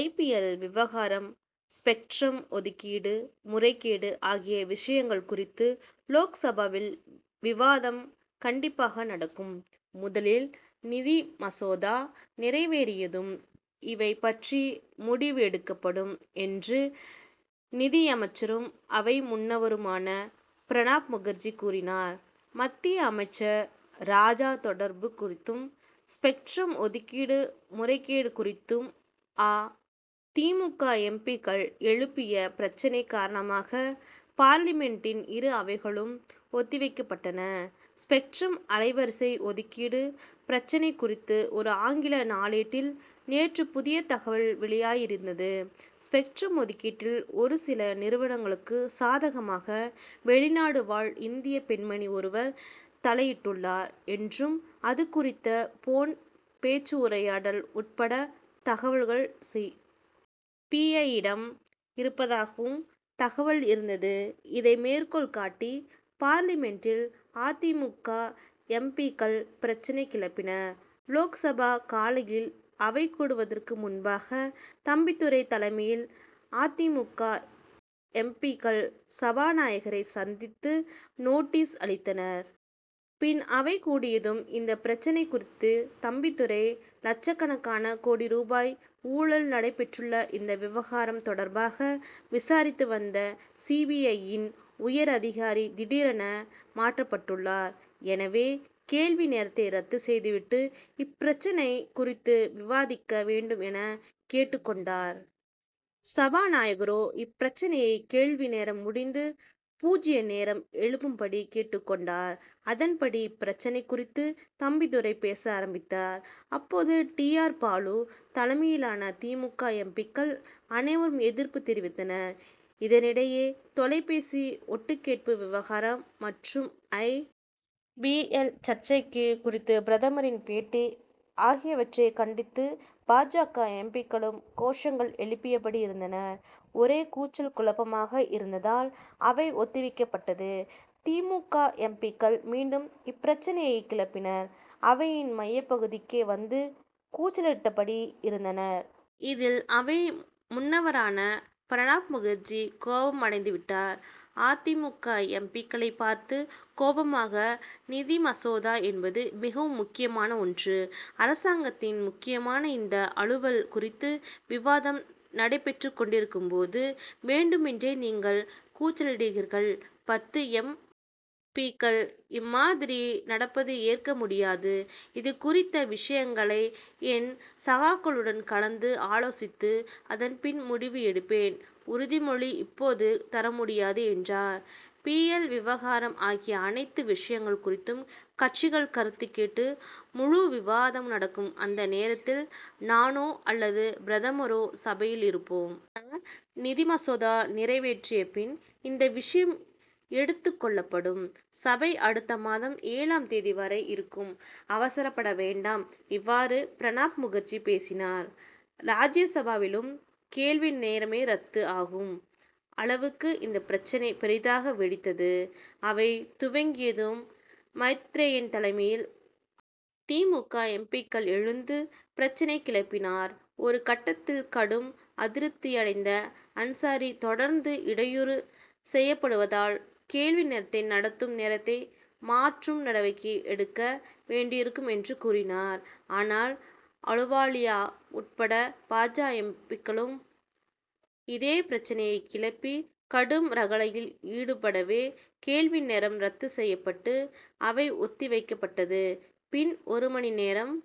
ஐ. P. L. விவகாரம் spectrum ஒதுக்கீடு முறைகேடு ஆகிய விஷயங்கள் குறித்து லோக்சபாவில் விவாதம் கண்டிப்பாக நடக்கும். முதலில் நிதிமசோதா நிறைவேறியதும் இவை பற்றி முடிவு எடுக்கப்படும் என்று நிதியமைச்சரும் அவை முன்னவருமான பிரணாப் முகர்ஜி கூறினார். மத்திய அமைச்சர் ராஜா தொடர்பு குறித்தும் ஸ்பெக்ட்ரம் ஒதுக்கீடு முறைகேடு குறித்தும் அ. தி. மு. க. எம். பி.க்கள் எழுப்பிய பிரச்னை காரணமாக பார்லிமென்டின் இரு அவைகளும் ஒத்திவைக்கப்பட்டன. ஸ்பெக்ட்ரம் அலைவரிசை ஒதுக்கீடு பிரச்னை குறித்து ஒரு ஆங்கில நாளேட்டில் நேற்று புதிய தகவல் வெளியாகியிருந்தது. ஸ்பெக்ட்ரம் ஒதுக்கீட்டில் ஒரு சில நிறுவனங்களுக்கு சாதகமாக வெளிநாடு வாழ் இந்திய பெண்மணி ஒருவர் தலையிட்டுள்ளார் என்றும் அது குறித்த போன் பேச்சு உரையாடல் உட்பட தகவல்கள் சி. பி. ஐ.யிடம் இருப்பதாகவும் தகவல் இருந் தது. இதை மேற்கோள் காட்டி பார்லிமென்டில் அ. தி. மு. க. எம். பி.க்கள் பிரச்னை கிளப்பினர். லோக்சபா காலையில் அவை கூடுவதற்கு முன்பாக தம்பிதுரை தலைமையில் அ. தி. மு. க. எம். பி.க்கள் சபாநாயகரை சந்தித்து நோட்டீஸ் அளித்தனர். பின் அவை கூடியதும் இந்த பிரச்னை குறித்து தம்பிதுரை லட்சக்கணக்கான கோடி ரூபாய் ஊழல் நடைபெற்றுள்ள இந்த விவகாரம் தொடர்பாக விசாரித்துவந்த சி. பி. ஐ.யின் உயர் அதிகாரி திடீரென மாற்றப்பட்டுள்ளார். எனவே கேள்வி நேரத்தை ரத்து செய்துவிட்டு இப்பிரச்னை குறித்து விவாதிக்க வேண்டும் என கேட்டுக் கொண்டார். சபாநாயகரோ இப்பிரச்னையை கேள்விநேரம் முடிந்து பூஜ்ய நேரத்தில் எழுப்பும்படி கேட்டுக் கொண்டார். அதன்படி இப்பிரச்னை குறித்து தம்பிதுரை பேச ஆரம்பித்தார். அப்போது டி. ஆர். பாலு தலைமையிலான தி. மு. க. எம். பி.க்கள் அனைவரும் எதிர்ப்பு தெரிவித்தனர். இதனிடையே தொலைபேசி ஒட்டுக்கேட்பு விவகாரம் மற்றும் ஐ. பி. எல். சர்ச்சை குறித்து பிரதமரின் பேட்டி ஆகியவற்றை கண்டித்து பா. ஜ. எம். பி.க்களும் கோஷங்கள் எழுப்பியபடி இருந்தனர். ஒரே கூச்சல் குழப்பமாக இருந்ததால் அவை ஒத்திவைக்கப்பட்டது. தி. மு. க. எம். பி.க்கள் மீண்டும் இப்பிரச்னையை கிளப்பினர். அவையின் மையப்பகுதிக்கே வந்து கூச்சலிட்டபடி இருந்தனர். இதில் அவை முன்னவரான பிரணாப் முகர்ஜி கோபம் அடைந்துவிட்டார். அ. தி. மு. க. எம். பி.க்களை பார்த்து கோபமாக நிதிமசோதா என்பது மிகவும் முக்கியமான ஒன்று. அரசாங்கத்தின் முக்கியமான இந்த அலுவல் குறித்த விவாதம் நடைபெற்றுக் கொண்டிருக்கும்போது வேண்டுமென்றே நீங்கள் கூச்சலிடுகிறீர்கள். பத்து எம். பி.க்கள் இம்மாதிரி நடப்பது ஏற்க முடியாது. இது குறித்த விஷயங்களை என் சகாக்களுடன் கலந்து ஆலோசித்து அதன் பின் முடிவு எடுப்பேன் உறுதிமொழி இப்போது தரமுடியாது என்றார். பி. எல். விவகாரம் ஆகிய அனைத்து விஷயங்கள் குறித்து கட்சிகள் கருத்துக் கேட்டு முழுவிவாதம் நடக்கும் அந்த நேரத்தில் நானோ அல்லது பிரதமரோ சபையில் இருப்போம். நிதிமசோதா நிறைவேறியபின் இந்தவிஷயம் எடுத்துக் கொள்ளப்படும். சபை அடுத்த மாதம் ஏழாம் தேதி வரை இருக்கும். அவசரப்பட வேண்டாம். இவ்வாறு பிரணாப் முகர்ஜி பேசினார். ராஜ்யசபாவிலும் கேள்விநேரமே ரத்து ஆகும் அளவுக்கு இந்த பிரச்னை பெரிதாக வெடித்தது. அவை துவங்கியதும் மைத்ரேயன் தலைமையில். தி. மு. க. எம். பி.க்கள் எழுந்து பிரச்னை கிளப்பினார். ஒரு கட்டத்தில் கடும் அதிருப்தியடைந்த அன்சாரி தொடர்ந்து இடையூறு செய்யப்படுவதால் கேள்வி நேரத்தை நடத்தும் நேரத்தை மாற்றும் நடவடிக்கையை எடுக்க வேண்டியிருக்கும் என்று கூறினார். ஆனால் அலுவாலியா உட்பட பா. ஜ. எம். பி.க்களும் இதே பிரச்னையை கிளப்பி கடும் ரகளையில் ஈடுபடவே கேள்வி நேரம் ரத்து செய்யப்பட்டு அவை ஒத்தி வைக்கப்பட்டது. பின் ஒரு மணி நேரம்